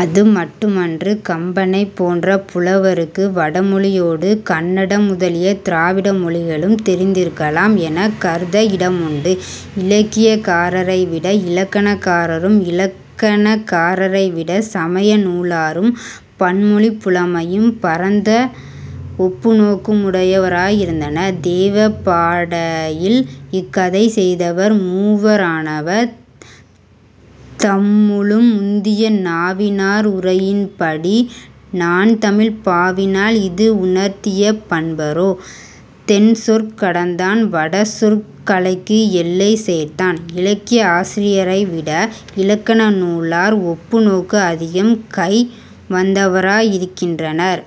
அது மட்டுமன்று. கம்பனைப் போன்ற புலவருக்கு வடமொழியோடு கன்னடம் முதலிய திராவிட மொழிகளும் தெரிந்திருக்கலாம் எனக் கருத இடமுண்டு. இலக்கியகாரரைவிட இலக்கணகாரரும் இலக்கணகாரரைவிடச் சமய நூலாரும் பன்மொழிப் புலமையும் பரந்த ஒப்புநோக்கு முடையவராயிருந்தனர். "தேவ பாடையில் இக்கதை செய்தவர் மூவ ரானவர் தம்முளும் முந்திய நாவி னார்உரை யின்படி நான்தமிழ்ப் பாவி னால்இது உணர்த்திய பண்பரோ" "தென்சொற் கடந்தான் வடசொற் கலைக்கு எல்லை தேர்ந்தான்" இலக்கிய ஆசிரியரை விட இலக்கண நூலார் ஒப்பு நோக்கு அதிகம் கை வந்தவராயிருக்கின்றனர்.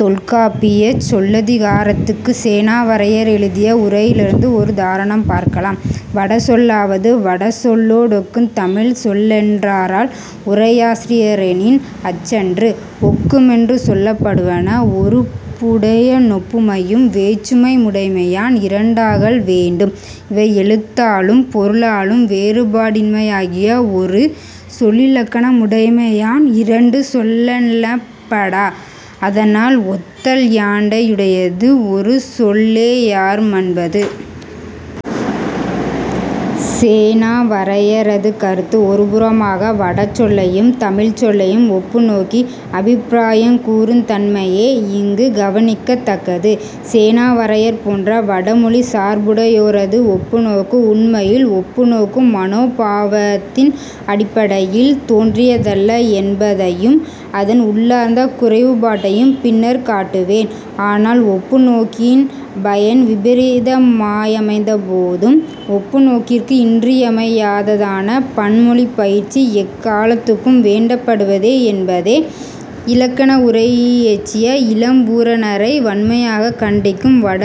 தொல்காப்பியச் சொல்லதிகாரத்துச் சேனாவரையர் எழுதிய உரையிலிருந்து ஒருதாரணம் பார்க்கலாம்: "வட சொல்லாவது வட சொல்லோடொக்குந் தமிழ்ச் சொல்லென்றாரால் உரையாசிரியரெனின், அற்றன்று: ஒக்குமென்று சொல்லப்படுவன ஒருபுடையனொப்புமையும் வேற்றுமைமுடைமையான் இரண்டாகல் வேண்டும். இவை எழுத்தானும் பொருளானும் வேறுபாடின்மையாகிய ஒரு சொல்லிலக்கணமுடைமையான் இரண்டு சொல்லெனப்படா: அதனால் ஒத்தல் யாண்டையது? ஒரு சொல்லேயார்மன்பது. " சேனாவரையரது கருத்து ஒருபுறமாக, வட சொல்லையும் தமிழ்ச் சொல்லையும் ஒப்புநோக்கி அபிப்பிராயங் கூறுந்தன்மையே இங்குக் கவனிக்கத்தக்கது. சேனாவரையர் போன்ற வட மொழிச் சார்புடையோரது ஒப்புநோக்கு உண்மையில் ஒப்புநோக்கும் மனோ பாவத்தினடிப்படையில் தோன்றியதல்ல என்பதையும் அதன் உள்ளார்ந்த குறைவுபாட்டையும் பின்னர் காட்டுவேன். ஆனால் ஒப்புநோக்கின் பயன் விபரீதமாயமைந்த போதும் ஒப்புநோக்கிற்கு இன்றியமையாததான பன்மொழிப்பயிற்சி எக்காலத்தும் வேண்டப்படுவதே என்பதை இலக்கண உரையியற்றிய இளம்பூரணரை வன்மையாகக் கண்டிக்கும் வட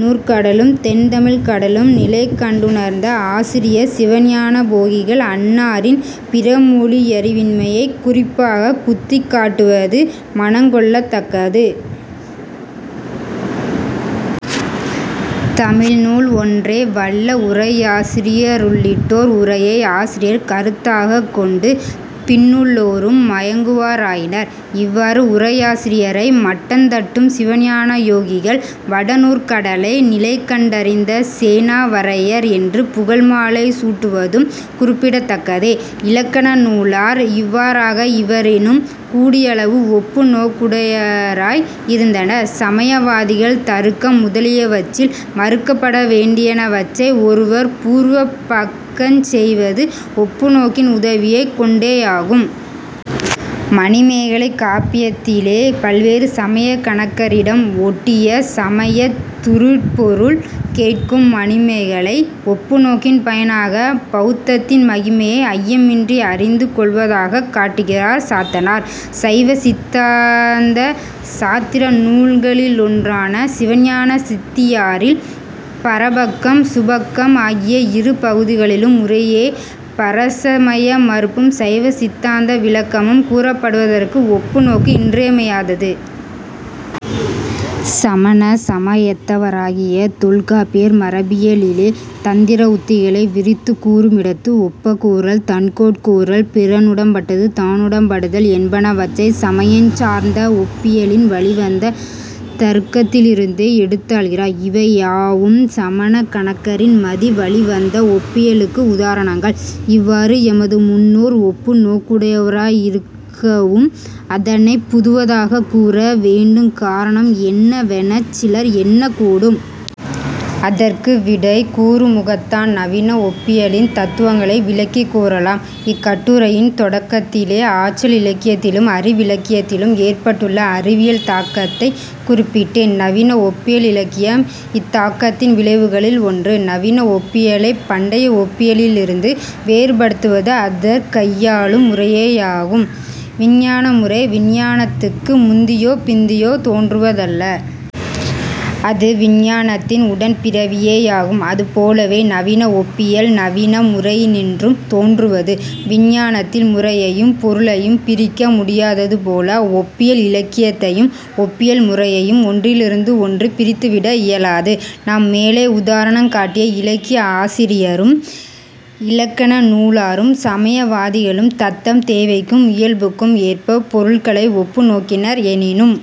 நூற்கடலும் தென்தமிழ்க் கடலும் நிலைகண்டுணர்ந்த ஆசிரியர் சிவஞானபோகிகள் அன்னாரின் பிறமொழியறிவின்மையைக் குறிப்பாகக் குத்திக்காட்டுவது மனங் கொளத்தக்கது. தமிழ் நூல் ஒன்றே வல்ல உரையாசிரியருள்ளிட்டோர் உரையை ஆசிரியர் கருத்தாகக் கொண்டு பின்னுள்ளோரும் மயங்குவாராயினர். இவ்வாறு உரையாசிரியரை மட்டந்தட்டும் சிவஞான யோகிகள் வட நூற் கடலை நிலைகண்டறிந்த சேனாவரையர் என்று புகழ்மாலை சூட்டுவதும் குறிப்பிடத்தக்கதே. இலக்கண நூலார் இவ்வாறாக இவரினும் கூடியளவு ஒப்புநோக்குடையராய் இருந்தனர். சமயவாதிகள் தருக்கம் முதலியவற்றில் மறுக்கப்பட வேண்டியனவற்றை ஒருவர் பூர்வபக்கஞ் செய்வது ஒப்புநோக்கின் உதவியைக் கொண்டேயாகும். மணிமேகலைக் காப்பியத்திலே பல்வேறு சமயக் கணக்கரிடம் ஒட்டிய சமயத் துறுபொருள் கேட்கும் மணிமேகலை ஒப்புநோக்கின் பயனாக பௌத்தத்தின் மகிமையை ஐயமின்றி அறிந்து கொள்வதாகக் காட்டுகிறார் சாத்தனார். சைவ சித்தாந்த சாத்திர நூல்களிலொன்றான சிவஞான சித்தியாரில் பரபக்கம், சுபக்கம் ஆகிய இரு பகுதிகளிலும் முறையே பரசமய மறுப்பும் சைவ சித்தாந்த விளக்கமும் கூறப்படுவதற்கு ஒப்புநோக்கு இன்றியமையாதது. சமண சமயத்தவராகிய தொல்காப்பியர் மரபியலிலே தந்திரவுத்திகளை விரித்துக் கூறுமிடத்து, ஒப்பக்கூறல், தன்கோட்கூறல், பிறனுடம்பட்டது தானுடம்படுதல் என்பனவற்றை சமயஞ் சார்ந்த ஒப்பியலின் வழிவந்த தருக்கத்திலிருந்தே எடுத்தாள்கிறார். இவையாவும் சமயக் கணக்கரின் மதி வழிவந்த ஒப்பியலுக்கு உதாரணங்கள். இவ்வாறு எமது முன்னோர் ஒப்பு நோக்குடையராயிருந்திருக்கவும் அதனைப் புதுவதாகக் கூற வேண்டுங் காரணம் என்னவெனச் சிலர் எண்ணக் கூடும். அதற்கு விடை கூறுமுகத்தான் நவீன ஒப்பியலின் தத்துவங்களை விளக்கிக் கூறலாம். இக் கட்டுரையின் தொடக்கத்திலே ஆற்றல் இலக்கியத்திலும் அறிவிலக்கியத்திலும் ஏற்பட்டுள்ள அறிவியல் தாக்கத்தைக் குறிப்பிட்டேன். நவீன ஒப்பியல் இலக்கியம் இத்தாக்கத்தின் விளைவுகளில் ஒன்று. நவீன ஒப்பியலைப் பண்டைய ஒப்பியலிலிருந்து வேறுபடுத்துவது அதிற்கையாளும் முறையேயாகும். விஞ்ஞான முறை விஞ்ஞானத்துக்கு முந்தியோ பிந்தியோ தோன்றுவதல்ல. அது விஞ்ஞானத்தின் உடன் பிறவியேயாகும். அதுபோலவே, நவீன ஒப்பியல் நவீன முறையினின்றும் தோன்றுவது. விஞ்ஞானத்தில் முறையையும் பொருளையும் பிரிக்க முடியாதது போல ஒப்பியல் இலக்கியத்தையும் ஒப்பியல் முறையையும் ஒன்றிலிருந்து ஒன்று பிரித்து விட இயலாது. நாம் மேலே உதாரணங் காட்டிய இலக்கிய ஆசிரியரும் இலக்கண நூலாரும் சமய வாதிகளும் தத்தம் தேவைக்கும் இயல்புக்கும் ஏற்பப் பொருள்களை ஒப்பு நோக்கினர். எனினும்